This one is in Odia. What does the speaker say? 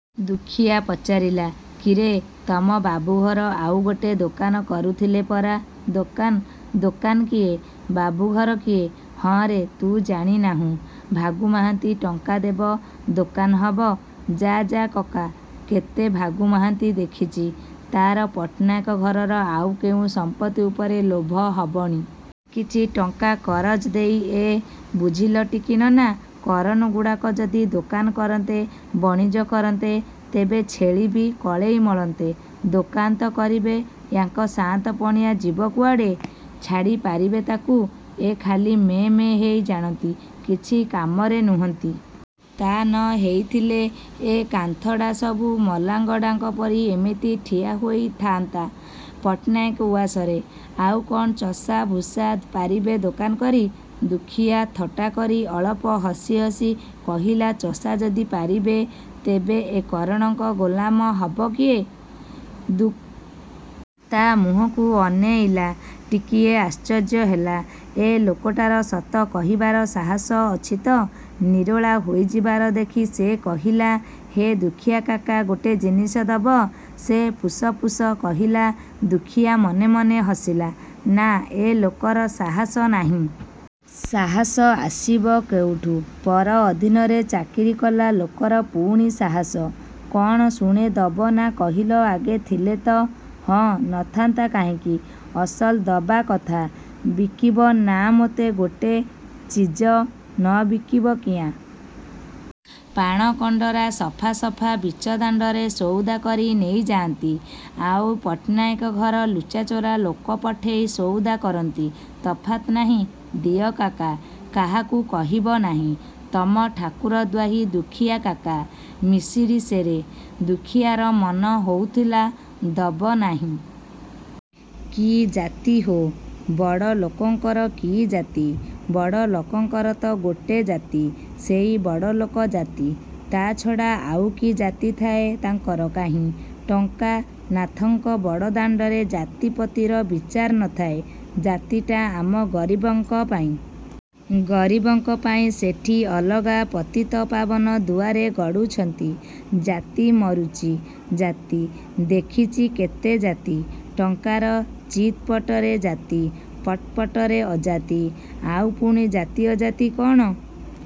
ଦୁଃଖୀଆ ପଚାରିଲା, ''କିରେ, ତମ ବାବୁଘର ଆଉ ଗୋଟେ ଦୋକାନ କରୁଥିଲେ ପରା ଦୋକାନ? ଦୋକାନ କିଏ, ବାବୁଘର କିଏ? ହଁରେ, ତୁ ଜାଣି ନାହୁଁ। ଭାଗୁ ମହାନ୍ତି ଟଙ୍କା ଦେବ, ଦୋକାନ ହବ। ଯା, ଯା କକା, କେତେ ଭାଗୁ ମହାନ୍ତି ଦେଖିଚି। ତା'ର ପଟ୍ଟନାୟକ ଘରର ଆଉ କୋଉ ସମ୍ପତ୍ତି ଉପରେ ଲୋଭ ହବଣି। କିଛି ଟଙ୍କା କରଜ ଦେଇ, ଏଁ? ବୁଝିଲଟିକି ନନା? କରଣଗୁଡ଼ାକ ଯଦି ଦୋକାନ କରନ୍ତେ, ବଣିଜ କରନ୍ତେ, ତେବେ ଛେଳିବି କଳେଇ ମଳନ୍ତେ। ଦୋକାନ ତ କରିବେ, ୟାଙ୍କ ସାଆନ୍ତ ପଣିଆ ଯିବ କୁଆଡ଼େ? ଛାଡ଼ି ପାରିବେ ତାକୁ? ଏ ଖାଲି ମେଁ ମେଁ ହେଇ ଜାଣନ୍ତି, କିଛି କାମରେ ନୁହନ୍ତି। ତା' ନ ହେଇଥିଲେ, ଏ କାନ୍ଥଡ଼ା ସବୁ ମଲାଙ୍ଗଡ଼ାଙ୍କ ପରି ଏମିତି ଠିଆ ହେଇଥାଆନ୍ତା ପଟ୍ଟନାୟକ ଉଆସରେ? ଆଉ କ'ଣ ଚଷା ଭୁଷା ପାରିବେ ଦୋକାନ କରି?'' ଦୁଃଖୀଆ ଥଟ୍ଟା କରି ଅଳପ ହସି ହସି କହିଲାଚଷା ଯଦି ପାରିବେ, ତେବେ ଏ କରଣଙ୍କ ଗୋଲାମ ହବ କିଏ?ଦୁଃ ତା' ମୁହଁକୁ ଅନେଇଲା। ଟିକିଏ ଆଶ୍ଚର୍ଯ୍ୟ ହେଲା। ଏ ଲୋକଟାର ସତ କହିବାର ସାହସ ଅଛି ତ। ନିରୋଳା ହେଇଯିବାର ଦେଖି ସେ କହିଲା, ''ହେ ଦୁଃଖୀଆକାକା, ଗୋଟେ ଜିନିଷ ଦବ?ସେ ପୁସ ପୁସ କହିଲା। ଦୁଃଖୀଆ ମନେ ମନେ ହସିଲା। ନା, ଏ ଲୋକର ସାହସ ନାହିଁ। ସାହସ ଆସିବ କୋଉଠୁ? ପର ଅଧୀନରେ ଚାକିରି କଲା ଲୋକର ପୁଣି ସାହସ? କ'ଣ ଶୁଣେ ଦବ ନା କହିଲ ଆଗ ଥିଲେ ତ| ହଁ, ନଥାନ୍ତା କାହିଁକି। ଅସଲ ଦବା କଥା। ବିକିବ ନା ମୋତେ ଗୋଟେ ଚିଜ? ନ ବିକିବି କିଆଁ? ପାଣ କଣ୍ଡରା ସଫା ସଫା ବିଚ ଦାଣ୍ଡରେ ସଉଦା କରି ନେଇଯାଆନ୍ତି, ଆଉ ପଟ୍ଟନାୟକ ଘର ଲୁଚାଚୋରା ଲୋକ ପଠେଇ ସଉଦା କରନ୍ତି। ତଫାତ ନାହିଁ? ଦିଅ କାକା! କାହାକୁ କହିବ ନାହିଁ। ତମ ଠାକୁର ଦ୍ୱାହି ଦୁଃଖୀଆକାକା, ମିଶିରି ସେରେ। ଦୁଃଖୀଆର ମନ ହଉଥିଲା, ଦବନାହିଁ। କି ଜାତି ହୋ? ବଡ଼ଲୋକଙ୍କର କି ଜାତି? ବଡ଼ଲୋକଙ୍କର ତ ଗୋଟେ ଜାତି, ସେଇ ବଡ଼ଲୋକ ଜାତି, ତା' ଛଡ଼ା ଆଉ କି ଜାତି ଥାଏ ତାଙ୍କର, କାହିଁ? ଟଙ୍କା ନାଥଙ୍କ ବଡ଼ଦାଣ୍ଡରେ ଜାତି ପତିର, ବିଚାର ନ ଥାଏ। ଜାତିଟା ଆମ ଗରିବଙ୍କ ପାଇଁ। ଗରିବଙ୍କ ପାଇଁ ସେଠି ଅଲଗା ପତିତପାବନ ଦୁଆରେ ଗଡ଼ୁଛନ୍ତି। ଜାତି ମରୁଚି, ଜାତି। ଦେଖିଚି କେତେ ଜାତି। ଟଙ୍କାର ଚିତ୍ ପଟରେ ଜାତି, ପଟ୍ ପଟରେ ଅଜାତି। ଆଉ ପୁଣି ଜାତି ଅଜାତି କ'ଣ?